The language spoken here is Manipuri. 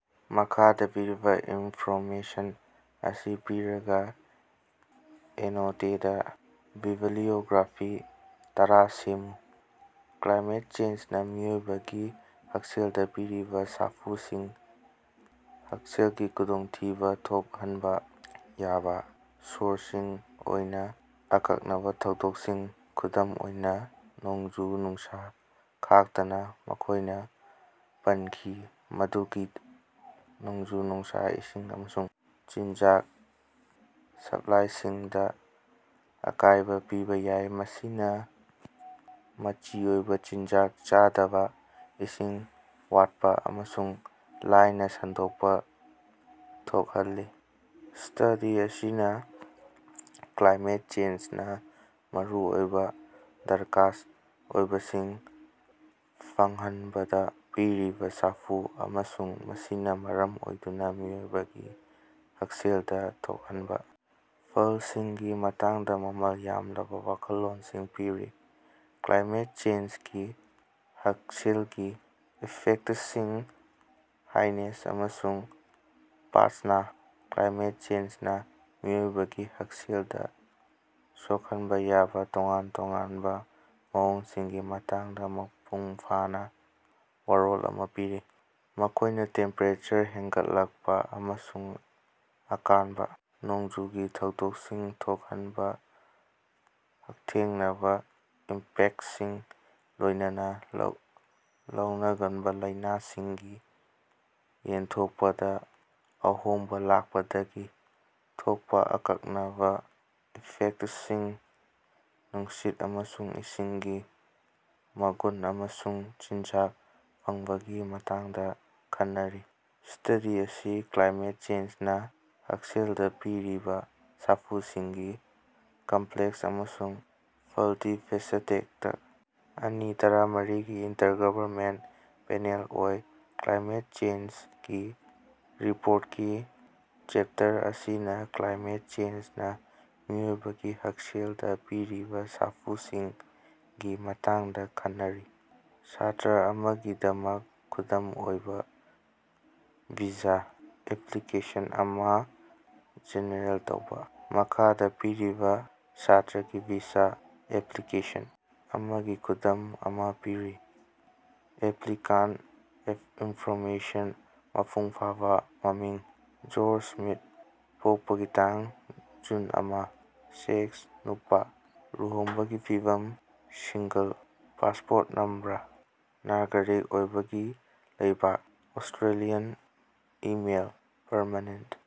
ꯃꯈꯥꯗ ꯄꯤꯔꯤꯕ ꯏꯟꯐꯣꯔꯃꯦꯁꯟ ꯑꯁꯤ ꯄꯤꯔꯒ ꯑꯦꯅꯣꯇꯦꯗ ꯕꯤꯕ꯭ꯂꯤꯑꯣꯒ꯭ꯔꯥꯐꯤ ꯇꯔꯥ ꯁꯦꯝꯃꯨ꯫ ꯀ꯭ꯂꯥꯏꯃꯦꯠ ꯆꯦꯟꯁꯅ ꯃꯤꯑꯣꯏꯕꯒꯤ ꯍꯛꯁꯦꯜꯗ ꯄꯤꯔꯤꯕ ꯁꯥꯐꯨꯁꯤꯡ꯫ ꯍꯛꯁꯦꯜꯒꯤ ꯈꯨꯗꯣꯡꯊꯤꯕ ꯊꯣꯛꯍꯟꯕ ꯌꯥꯕ ꯁꯣꯔꯁꯁꯤꯡ ꯑꯣꯏꯅ ꯑꯀꯛꯅꯕ ꯊꯧꯗꯣꯀꯁꯤꯡ, ꯈꯨꯗꯝ ꯑꯣꯏꯅ ꯅꯣꯡꯖꯨ-ꯅꯨꯡꯁꯥ ꯈꯥꯛꯇꯅ ꯃꯈꯣꯢꯅ ꯄꯟꯈꯤ ꯃꯗꯨꯗꯤ ꯅꯣꯡꯖꯨ-ꯅꯨꯡꯁꯥꯅ ꯏꯁꯤꯡ ꯑꯃꯁꯨꯡ ꯆꯤꯟꯖꯥꯛ ꯁꯞꯂꯥꯏꯁꯤꯡꯗ ꯑꯀꯥꯏꯕ ꯄꯤꯕ ꯌꯥꯏ꯫ ꯃꯁꯤꯅ ꯃꯆꯤ ꯑꯣꯏꯕ ꯆꯤꯟꯖꯥꯛ ꯆꯥꯗꯕ, ꯏꯁꯤꯡ ꯋꯥꯠꯄ ꯑꯃꯁꯨꯡ ꯂꯥꯏꯅ ꯁꯟꯗꯣꯛꯄ ꯊꯣꯛꯍꯜꯂꯤ꯫ ꯁ꯭ꯇꯗꯤ ꯑꯁꯤꯅꯥ ꯀ꯭ꯂꯥꯏꯃꯦꯠ ꯆꯦꯟꯖꯅ ꯃꯔꯨꯑꯣꯏꯕ ꯗꯔꯀꯥꯔ ꯑꯣꯏꯕꯁꯤꯡ ꯐꯪꯍꯟꯕꯗ ꯄꯤꯔꯤꯕ ꯁꯥꯐꯨ ꯑꯃꯁꯨꯡ ꯃꯁꯤꯅ ꯃꯔꯝ ꯑꯣꯏꯗꯨꯅ ꯃꯤꯑꯣꯏꯕꯒꯤ ꯍꯛꯁꯦꯜꯗ ꯊꯣꯛꯍꯟꯕ ꯐꯜꯁꯤꯡꯒꯤ ꯃꯇꯥꯡꯗ ꯃꯃꯥꯜ ꯌꯥꯝꯂꯕ ꯋꯥꯈꯜꯂꯣꯟꯁꯤꯡ ꯄꯤꯔꯤ꯫ ꯀ꯭ꯂꯥꯏꯃꯦꯠ ꯆꯦꯟꯖꯒꯤ ꯍꯛꯁꯦꯜꯒꯤ ꯏꯐꯦꯛꯇꯁꯤꯡ ꯍꯥꯏꯅꯦꯁ ꯑꯃꯁꯨꯡ ꯄꯥꯠꯖꯅꯥ ꯀ꯭ꯂꯥꯏꯃꯦꯠ ꯆꯦꯟꯖꯅ ꯃꯤꯑꯣꯏꯕꯒꯤ ꯍꯛꯁꯦꯜꯗ ꯁꯣꯛꯍꯟꯕ ꯌꯥꯕ ꯇꯣꯉꯥꯟ ꯇꯣꯉꯥꯟꯕ ꯃꯑꯣꯡꯁꯤꯡꯒꯤ ꯃꯇꯥꯡꯗ ꯃꯄꯨꯡ ꯐꯥꯕ ꯋꯥꯔꯣꯜ ꯑꯃ ꯄꯤꯔꯤ꯫ ꯃꯈꯣꯢꯅ ꯇꯦꯝꯄꯦꯔꯦꯆꯔ ꯍꯦꯟꯒꯠꯂꯛꯄ ꯑꯃꯁꯨꯡ ꯑꯀꯥꯟꯕ ꯅꯣꯡꯖꯨꯒꯤ ꯊꯧꯗꯣꯛꯁꯤꯡꯅ ꯊꯣꯛꯍꯟꯕ ꯍꯛꯊꯦꯡꯅꯕ ꯏꯝꯄꯦꯛꯇꯁꯤꯡ ꯂꯣꯏꯅꯅ ꯂꯧꯅꯒꯟꯕ ꯂꯥꯏꯅꯁꯤꯡꯒꯤ ꯌꯦꯟꯊꯣꯛꯄꯗ ꯑꯍꯣꯡꯕ ꯂꯥꯛꯄꯗꯒꯤ ꯊꯣꯛꯄ ꯑꯀꯛꯅꯕ ꯏꯐꯦꯛꯇꯁꯤꯡ, ꯅꯨꯡꯁꯤꯠ ꯑꯃꯁꯨꯡ ꯏꯁꯤꯡꯒꯤ ꯃꯒꯨꯟ, ꯑꯃꯁꯨꯡ ꯆꯤꯟꯖꯥꯛ ꯐꯪꯕꯒꯤ ꯃꯇꯥꯡꯗ ꯈꯟꯅꯔꯤ꯫ ꯁ꯭ꯇꯗꯤ ꯑꯁꯤ ꯀ꯭ꯂꯥꯏꯃꯦꯠ ꯆꯦꯟꯖꯅ ꯍꯛꯁꯦꯜꯗ ꯄꯤꯔꯤꯕ ꯁꯥꯐꯨꯁꯤꯡꯒꯤ ꯀꯝꯄꯂꯦꯛꯁ ꯑꯃꯁꯨꯡ ꯃꯜꯇꯤ-ꯐꯦꯁꯦꯇꯦꯗ ꯑꯅꯤ ꯇꯔꯥꯃꯔꯤꯒꯤ intergovernmental panel on climate change ꯒꯤ ꯔꯤꯄꯣꯔꯇꯀꯤ ꯆꯦꯞꯇꯔ ꯑꯁꯤꯅ ꯀ꯭ꯂꯥꯏꯃꯦꯠ ꯆꯦꯟꯖꯅ ꯃꯤꯑꯣꯏꯕꯒꯤ ꯍꯛꯁꯦꯜꯗ ꯄꯤꯔꯤꯕ ꯁꯥꯐꯨꯁꯤꯡꯒꯤ ꯃꯇꯥꯡꯗ ꯈꯟꯅꯔꯤ꯫ ꯁꯥꯇ꯭ꯔꯥ ꯑꯃꯒꯤꯗꯃꯛ ꯈꯨꯗꯝ ꯑꯣꯏꯕ ꯚꯤꯖꯥ ꯑꯦꯞꯄ꯭ꯂꯤꯀꯦꯁꯟ ꯑꯃ ꯖꯦꯅꯦꯔꯦꯠ ꯇꯧꯕ꯫ ꯃꯈꯥꯗ ꯄꯤꯔꯤꯕ ꯁꯥꯇ꯭ꯔꯥꯒꯤ ꯚꯤꯁꯥ ꯑꯦꯞꯄ꯭ꯂꯤꯀꯦꯁꯟ ꯑꯃꯒꯤ ꯈꯨꯗꯝ ꯑꯃ ꯄꯤꯔꯤ꯫ ꯑꯦꯞꯄ꯭ꯂꯤꯀꯥꯟ ꯏꯟꯐꯣꯔꯃꯦꯁꯟ ꯃꯄꯨꯡꯐꯥꯕ ꯃꯃꯤꯡ, ꯖꯣꯟ ꯁ꯭ꯃꯤꯊ ꯄꯣꯛꯄꯒꯤ ꯇꯥꯡ- ꯖꯨꯟ ꯑꯃ, ꯁꯦꯛꯁ- ꯅꯨꯄꯥ ꯂꯨꯍꯣꯡꯕꯒꯤ ꯐꯤꯕꯝ- ꯁꯤꯡꯒꯜ ꯄꯥꯁꯄꯣꯔꯠ ꯅꯝꯕꯔ, ꯅꯥꯒꯔꯤꯛ ꯑꯣꯏꯕꯒꯤ ꯂꯩꯕꯥꯛ, ꯑꯣꯁ꯭ꯇꯔꯦꯜꯂꯤꯌꯥꯟ ꯏꯃꯦꯏꯜ, ꯄꯔꯃꯦꯅꯦꯟꯇ꯫